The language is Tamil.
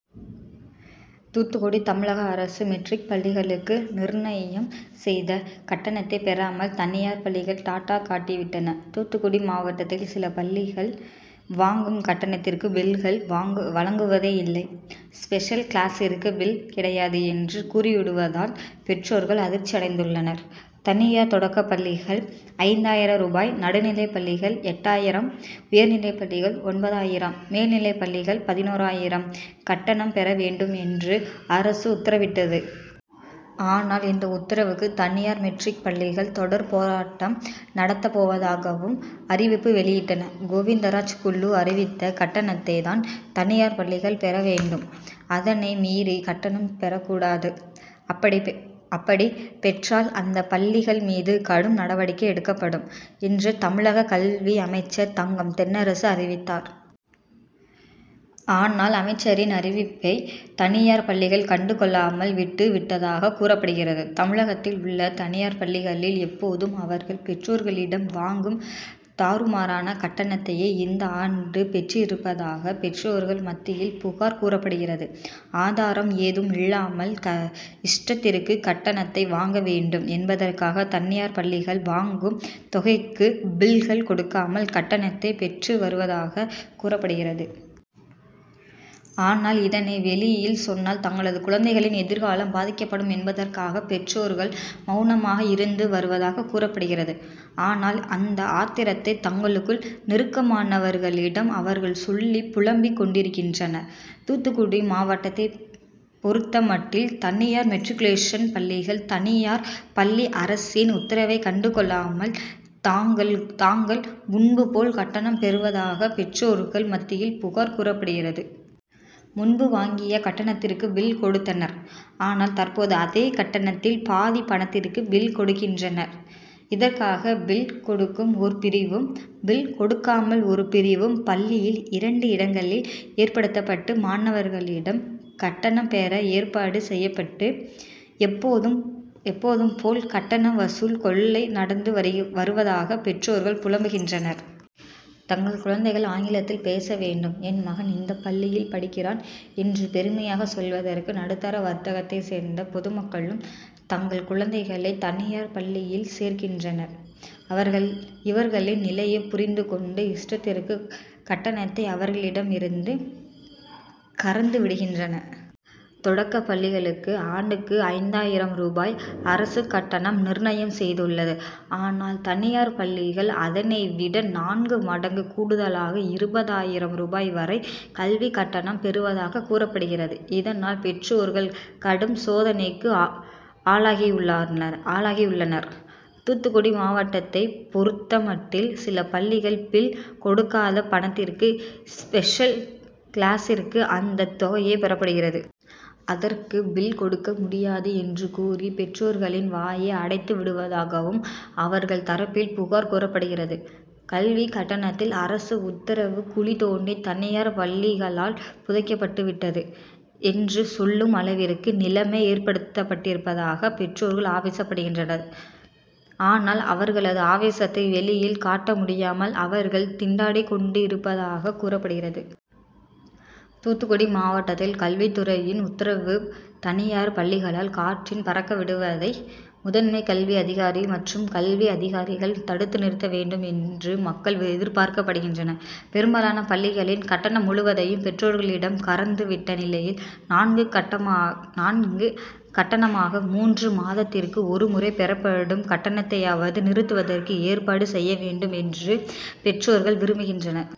தூத்துக்குடி தமிழக அரசு மெட்ரிக் பள்ளிகளுக்கு நிர்ணயம் செய்த கட்டணத்தை பெறாமல் தனியார் பள்ளிகள் டாட்டா காட்டி விட்டன. தூத்துக்குடி மாவட்டத்தில் சில பள்ளிகள் வாங்கும் கட்டணத்திற்கு பில்கள் வழங்கவில்லை. ஸ்பெஷல் கிளாசிற்கு பில் கிடையாது என்று கூறிவிடுவதால் பெற்றோர்கள் அதிர்ச்சியடைந்துள்ளனர். தனியார் தொடக்க பள்ளிகள் ஐந்தாயிரம் ரூபாய் நடுநிலைப்பள்ளிகள் எட்டாயிரம் உயர்நிலைப்பள்ளிகள் ஒன்பதாயிரம் மேல்நிலைப்பள்ளிகள் பதினோராயிரம் கட்டணம் பெற வேண்டும் என்று அரசு உத்தரவிட்டது. ஆனால் இந்த உத்தரவுக்கு தனியார் மெட்ரிக் பள்ளிகள் தொடர் போராட்டம் நடத்தப் போவதாகவும் அறிவிப்பு வெளியிட்டன. கோவிந்தராஜ் குழு அறிவித்த கட்டணத்தை தான் தனியார் பள்ளிகள் பெற வேண்டும். அதனை மீறி கட்டணம் பெறக் கூடாது. அப்படி பெற்றால் அந்த பள்ளிகள் மீது கடும் நடவடிக்கை எடுக்கப்படும் என்று தமிழக கல்வி அமைச்சர் தங்கம் தென்னரசு அறிவித்தார். ஆனால் அமைச்சரின் அறிவிப்பை தனியார் பள்ளிகள் கண்டு கொள்ளாமல் விட்டு விட்டதாக கூறப்படுகிறது. தமிழகத்தில் உள்ள தனியார் பள்ளிகளில் எப்போதும் அவர்கள் பெற்றோர்களிடம் வாங்கும் தாறுமாறான கட்டணத்தையே இந்த ஆண்டும் பெற்றிருப்பதாக பெற்றோர்கள் மத்தியில் புகார் கூறப்படுகிறது. ஆதாரம் எதுவும் இல்லாமல் இஷ்டத்திற்கு கட்டணத்தை வாங்க வேண்டும் என்பதற்காக தனியார் பள்ளிகள் வாங்கும் தொகைக்கு பில்கள் கொடுக்காமல் கட்டணத்தை பெற்று வருவதாக கூறப்படுகிறது. ஆனால் இதனை வெளியில் சொன்னால் தங்களது குழந்தைகளின் எதிர்காலம் பாதிக்கப்படும் என்பதற்காக பெற்றோர்கள் மௌனமாக இருந்து வருவதாக கூறப்படுகிறது. ஆனால் அந்த ஆத்திரத்தை தங்களுக்கு நெருக்கமானவர்களிடம் அவர்கள் சொல்லி புலம்பிக் கொண்டிருக்கின்றனர். தூத்துக்குடி மாவட்டத்தை பொறுத்தமட்டில் தனியார் மெட்ரிக்குலேஷன் பள்ளிகள் தனியார் பள்ளிகள் அரசின் உத்தரவை கண்டு கொள்ளாமல் தாங்கள் முன்பு போல் கட்டணம் பெற்றுவருவதாக பெற்றோர்கள் மத்தியில் புகார் கூறப்படுகிறது. முன்பு வாங்கிய கட்டணத்திற்கு பில் கொடுத்தனர். ஆனால் தற்போது அதே கட்டணத்தில் பாதி பணத்திற்கு பில் கொடுக்கின்றனர். இதற்காக பில் கொடுக்கும் ஒரு பிரிவும் பில் கொடுக்காமல் ஒரு பிரிவும் பள்ளியில் இரண்டு இடங்களில் ஏற்படுத்தப்பட்டு மாணவர்களிடம் கட்டணம் பெற ஏற்பாடு செய்யப்பட்டு எப்போதும் போல் கட்டண வசூல் கொள்ளை நடந்து வருவதாக பெற்றோர்கள் புலம்புகின்றனர். தங்கள் குழந்தைகள் ஆங்கிலத்தில் பேச வேண்டும். என் மகன் இந்த பள்ளியில் படிக்கிறான் என்று பெருமையாக சொல்வதற்கு நடுத்தர வர்க்கத்தை சேர்ந்த பொதுமக்களும் தங்கள் குழந்தைகளை தனியார் பள்ளிகளில் சேர்க்கின்றனர். அவர்கள் இவர்களின் நிலையை புரிந்து கொண்டு இஷ்டத்திற்கு கட்டணத்தை அவர்களிடம் இருந்து கறந்து விடுகின்றனர். தொடக்கப் பள்ளிகளுக்கு ஆண்டுக்கு ஐந்தாயிரம் ரூபாய் அரசு கட்டணம் நிர்ணயம் செய்துள்ளது. ஆனால் தனியார் பள்ளிகள் அதனை விட நான்கு மடங்கு கூடுதலாக இருபதாயிரம் ரூபாய் வரை கல்வி கட்டணம் பெறுவதாக கூறப்படுகிறது. இதனால் பெற்றோர்கள் கடும் சோதனைக்கு ஆளாகியுள்ளனர். தூத்துக்குடி மாவட்டத்தை பொறுத்தமட்டில் சில பள்ளிகளில் பில் கொடுக்காத பணத்திற்கு ஸ்பெஷல் கிளாசிற்கு அந்த தொகை பெறப்படுகிறது. அதற்கு பில் கொடுக்க முடியாது என்று கூறி பெற்றோர்களின் வாயை அடைத்து விடுவதாகவும் அவர்கள் தரப்பில் புகார் கூறப்படுகிறது. கல்வி கட்டணத்தில் அரசு உத்தரவு குழி தோண்டி தனியார் பள்ளிகளால் புதைக்கப்பட்டு விட்டது என்று சொல்லும் அளவிற்கு நிலமை ஏற்பட்டிருப்பதாக பெற்றோர்கள் ஆவேசப்படுகின்றனர். ஆனால் அவர்களது ஆவேசத்தை வெளியில் காட்ட முடியாமல் அவர்கள் திண்டாடிக் கொண்டிருப்பதாக கூறப்படுகிறது. தூத்துக்குடி மாவட்டத்தில் கல்வித்துறையின் உத்தரவு தனியார் பள்ளிகளால் காற்றில் பறக்க விடுவதை முதன்மை கல்வி அதிகாரி மற்றும் கல்வி அதிகாரிகள் தடுத்து நிறுத்த வேண்டும் என்று மக்கள் எதிர்பார்கின்றனர். பெரும்பாலான பள்ளிகளில் கட்டணம் முழுவதையும் பெற்றோர்களிடம் கறந்து விட்ட நிலையில் நான்கு கட்டமாக மூன்று மாதத்திற்கு ஒரு முறை பெறப்படும் கட்டணத்தையாவது நிறுத்துவதற்கு ஏற்பாடு செய்ய வேண்டும் என்று பெற்றோர்கள் விரும்புகின்றனர்.